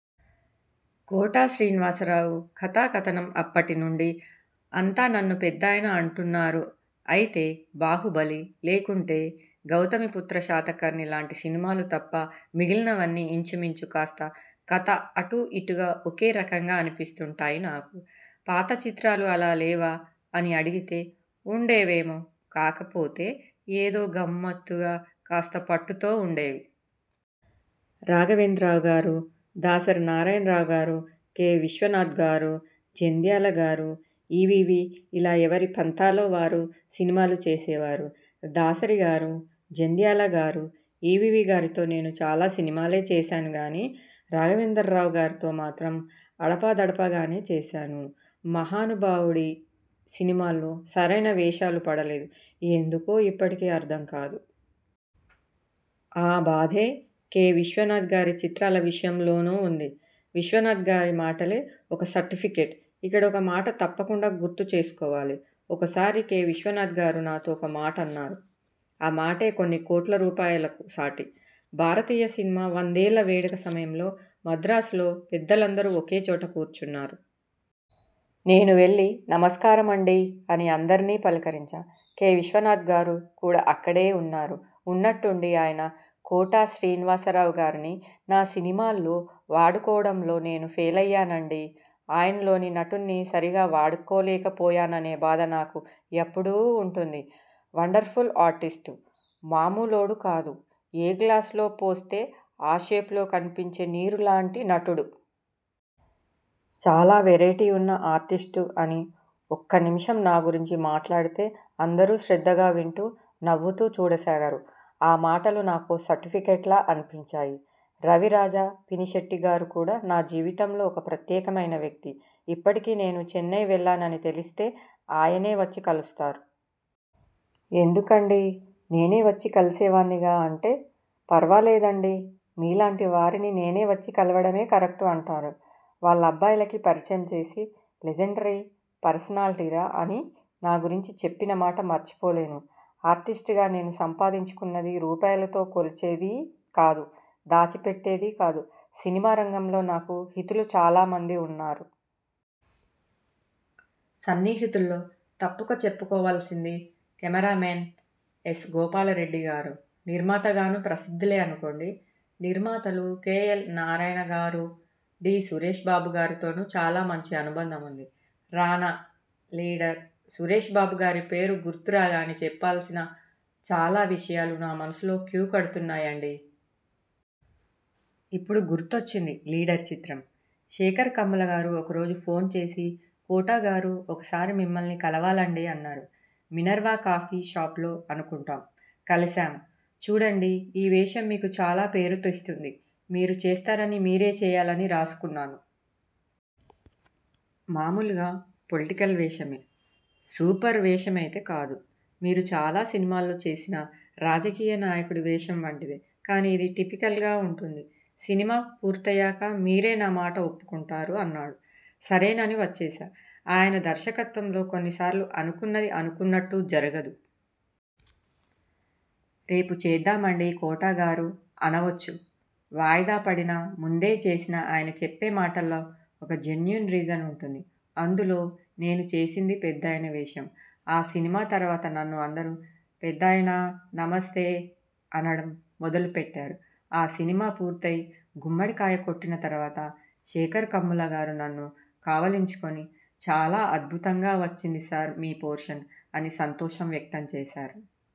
కోట శ్రీనివాసరావు కథాకథనం అప్పటినుండీ అంతా నన్ను పెద్దాయన అంటున్నారు అయితే 'బాహుబలి', లేకుంటే 'గౌతమీపుత్ర శాతకర్ణి' లాంటి సినిమాలు తప్ప మిగిలినవన్నీ ఇంచుమించు కాస్త కథ అటూ ఇటూగా ఒకేరకంగా అనిపిస్తుంటాయి నాకు. పాత చిత్రాలు అలా లేవా? అని అడిగితే ఉండేవేమో. కాకపోతే ఏదో గమ్మత్తుగా, కాస్త పట్టుతో ఉండేవి. రాఘవేంద్రరావుగారు, దాసరి నారాయణరావుగారు, కె. విశ్వనాథ్గారు, జంధ్యాల గారు, ఈవీవీ ఇలా ఎవరి పంథాలో వారు సినిమాలు చేసేవారు. దాసరిగారు, జంధ్యాలగారు, ఈవీవీగారితో నేను చాలా సినిమాలే చేశానుగానీ, రాఘవేంద్రరావుగారితో మాత్రం అడపాదడపాగానే చేశాను. మహానుభావుడి సినిమాల్లో సరైన వేషాలు పడలేదు. ఎందుకో ఇప్పటికీ అర్థం కాదు. ఆ బాధే కె. విశ్వనాథ్ గారి చిత్రాల విషయంలోనూ ఉంది. విశ్వనాథ్గారి మాటలే ఒక సర్టిఫికెట్ ఇక్కడ ఒకమాట తప్పకుండా గుర్తుచేసుకోవాలి. ఒకసారి కె. విశ్వనాథ్గారు నాతో ఒక మాటన్నారు. ఆ మాటే కొన్ని కోట్ల రూపాయలకు సాటి. భారతీయ సినిమా వందేళ్ళ వేడుక సమయంలో మద్రాసులో పెద్దలందరూ ఒకచోట కూర్చున్నారు. నేను వెళ్ళి 'నమస్కారమండీ' అని అందరినీ పలకరించా. కె. విశ్వనాథ్గారు కూడా అక్కడే ఉన్నారు. ఉన్నట్టుండి ఆయన 'కోట శ్రీనివాసరావుగారిని నా సినిమాల్లో వాడుకోవడంలో నేను ఫెయిలయ్యానండీ. ఆయనలోని నటుణ్ణి సరిగా వాడుకోలేకపోయాననే బాధ నాకు ఎప్పుడూ ఉంటుంది. Wonderful artist. మామూలోడు కాదు. ఏ గ్లాసులో పోస్తే ఆ షేప్లో కనిపించే నీరు లాంటి నటుడు. చాలా వెరైటీ ఉన్న ఆర్టిస్ట్ అని ఒక్క నిమిషం నా గురించి మాట్లాడితే అందరూ శ్రద్ధగా వింటూ నవ్వుతూ చూడసాగారు. ఆ మాటలు నాకో సర్టిఫికెట్లా అనిపించాయి. రవిరాజా పినిశెట్టిగారు కూడా నా జీవితంలో ఒక ప్రత్యేకమైన వ్యక్తి. ఇప్పటికీ నేను చెన్నై వెళ్లానని తెలిస్తే ఆయనే వచ్చి కలుస్తారు. 'ఎందుకండీ, నేనే వచ్చి కలిసేవాణ్ణిగా' అంటే, 'ఫర్వాలేదండీ. మీలాంటి వారిని నేను వచ్చి కలవడమే కరెక్ట్' అంటారు. వాళ్ళబ్బాయిలకి పరిచయం చేసి 'లెజండరీ పర్సనాలిటీరా' అని నా గురించి చెప్పిన మాట మర్చిపోలేను. ఆర్టిస్ట్గా నేను సంపాదించుకున్నది రూపాయిలతో కొలిచేదీ కాదు, దాచిపెట్టేదీ కాదు. సినిమా రంగంలో నాకు హితులు చాలా మంది ఉన్నారు. సన్నిహితుల్లో తప్పక చెప్పుకోవాల్సింది కెమెరామేన్ ఎస్. గోపాలరెడ్డిగారు. నిర్మాతగానూ ప్రసిద్ధులే అనుకోండి. నిర్మాతలు కె. ఎల్. నారాయణగారు, డి. సురేశ్ బాబుగారితోనూ చాలా మంచి అనుబంధం ఉంది. రానా లీడర్ సురేశ్ బాబుగారి పేరు గుర్తురాగానే చెప్పాల్సిన చాలా విషయాలు నా మనసులో క్యూ కడుతున్నాయండీ. ఇప్పుడు గుర్తుకొచ్చింది 'లీడర్' చిత్రం. శేఖర్ కమ్ములగారు ఒక రోజు ఫోన్ చేసి కోటగారు ఒకసారి మిమ్మల్ని కలవాలండీ అన్నారు. మినర్వా కాఫీ షాప్ లో అనుకుంటా. కలిశాం. చూడండి. ఈ వేషం మీకు చాలా పేరు తెస్తుంది. మీరు చేస్తారని, మీరే చేయాలని రాసుకున్నాను. మామూలు పొలిటికల్ వేషమే. 'సూపర్ వేషం అయితే కాదు. మీరు చాలా సినిమాల్లో చేసిన రాజకీయ నాయకుడి వేషం వంటిదే. కానీ ఇది టిపికల్గా ఉంటుంది. సినిమా పూర్తయ్యాక మీరే నా మాట ఒప్పుకుంటారు' అన్నారు. సరేనని వచ్చేశా. ఆయన దర్శకత్వంలో కొన్నిసార్లు అనుకున్నది అనుకున్నట్టు జరగదు. 'రేపు చేద్దామండీ కోటగారు' అనవచ్చు. వాయిదాపడినా, ముందే చేసినా ఆయన చెప్పే మాటల్లో ఒక జెన్యూన్ రీజన్ ఉంటుంది. అందులో నేను చేసింది 'పెద్దాయన' వేషం. ఆ సినిమా తర్వాత నన్ను అందరూ 'పెద్దాయనా నమస్తే' అనడం మొదలుపెట్టారు. ఆ సినిమా పూర్తయి గుమ్మడికాయ కొట్టిన తర్వాత శేఖర్ కమ్ములగారు నన్ను కావలించుకుని 'చాలా అద్భుతంగా వచ్చింది సార్ మీ పోర్షన్' అని సంతోషం వ్యక్తం చేశారు.